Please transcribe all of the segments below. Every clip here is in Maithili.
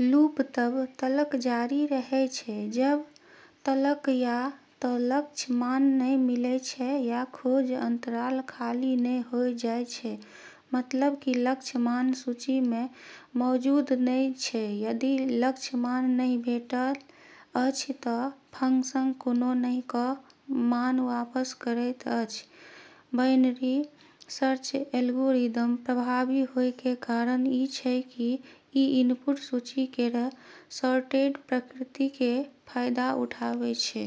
लूप तब तलक जारी रहै छै जब तलक या त लक्ष्य मान नै मिलै छै या खोज अंतराल खाली नै होय जाय छै, मतलब कि लक्ष्य मान सूची मे मौजूद नै छै। यदि लक्ष्य मान नहि भेटल अछि, त फंक्शन कोनो नहि क' मान वापस करैत अछि, बाइनरी सर्च एल्गोरिदम प्रभावी होय के कारण ई छै कि ई इनपुट सूची केरऽ सॉर्टेड प्रकृति के फायदा उठाबै छै।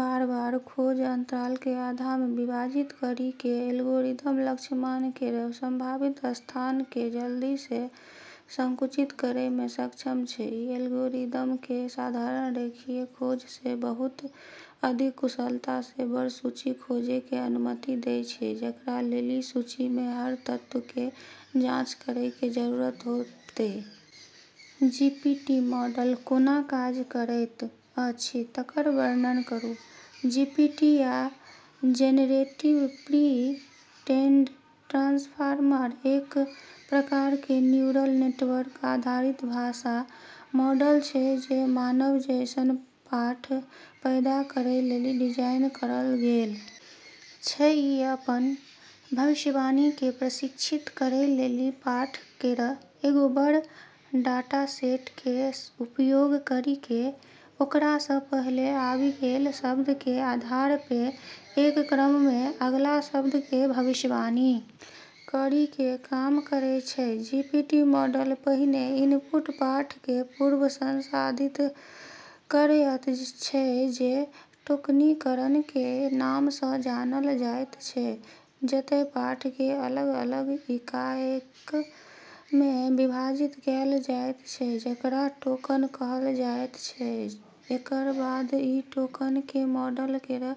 बार-बार खोज अंतराल के आधा मे विभाजित करी के एल्गोरिदम लक्ष्य मान केरऽ संभावित स्थान के जल्दी से संकुचित करै मे सक्षम छै, ई एल्गोरिदम के साधारण रेखीय खोज से बहुत अधिक कुशलता से बड़ऽ सूची खोजै के अनुमति दै छै जेकरा लेली सूची मे हर तत्व के जांच करै के जरूरत होतै। जीपीटी मॉडल कोना काज करैत अछि तकर वर्णन करू, जीपीटी या जेनेरेटिव प्री-ट्रेन्ड ट्रांसफार्मर एक प्रकार के न्यूरल नेटवर्क आधारित भाषा मॉडल छै जे मानव जैसनऽ पाठ पैदा करै लेली डिजाइन करलऽ गेलऽ छै, ई अपनऽ भविष्यवाणी के प्रशिक्षित करै लेली पाठ केरऽ एगो बड़ऽ डाटासेट के उपयोग करी के ओकरा से पहले आबी गेलऽ शब्दऽ के आधार पे एक क्रम मे अगला शब्द के भविष्यवाणी करी के काम करै छै, जीपीटी मॉडल पहिने इनपुट पाठ कें पूर्व-संसाधित करयत छै जे टोकनीकरण कें नाम सं जानल जायत छै, जतय पाठ कें अलग-अलग इकाइयक मे विभाजित कैल जायत छै जेकरा टोकन कहल जायत छै, एकरऽ बाद ई टोकन के मॉडल केरऽ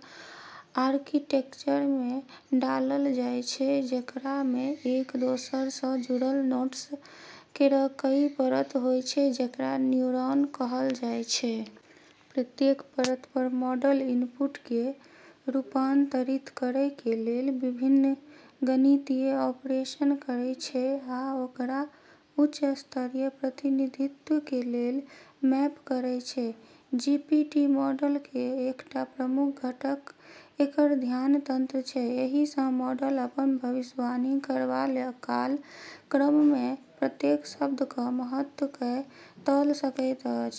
आर्किटेक्चर मे डाललऽ जाय छै जेकरा मे एक दोसरा से जुड़लऽ नोड्स केरऽ कई परत होय छै जेकरा न्यूरॉन कहलऽ जाय छै। प्रत्येक परत पर मॉडल इनपुट कें रूपांतरित करय कें लेल विभिन्न गणितीय ऑपरेशन करय छै आ ओकरा उच्च स्तरीय प्रतिनिधित्व कें लेल मैप करय छै, जीपीटी मॉडल कें एकटा प्रमुख घटक एकर ध्यान तंत्र छै, एहि स मॉडल अपन भविष्यवाणी करबा काल क्रम मे प्रत्येक शब्द क महत्व कए तौल सकैत अछि।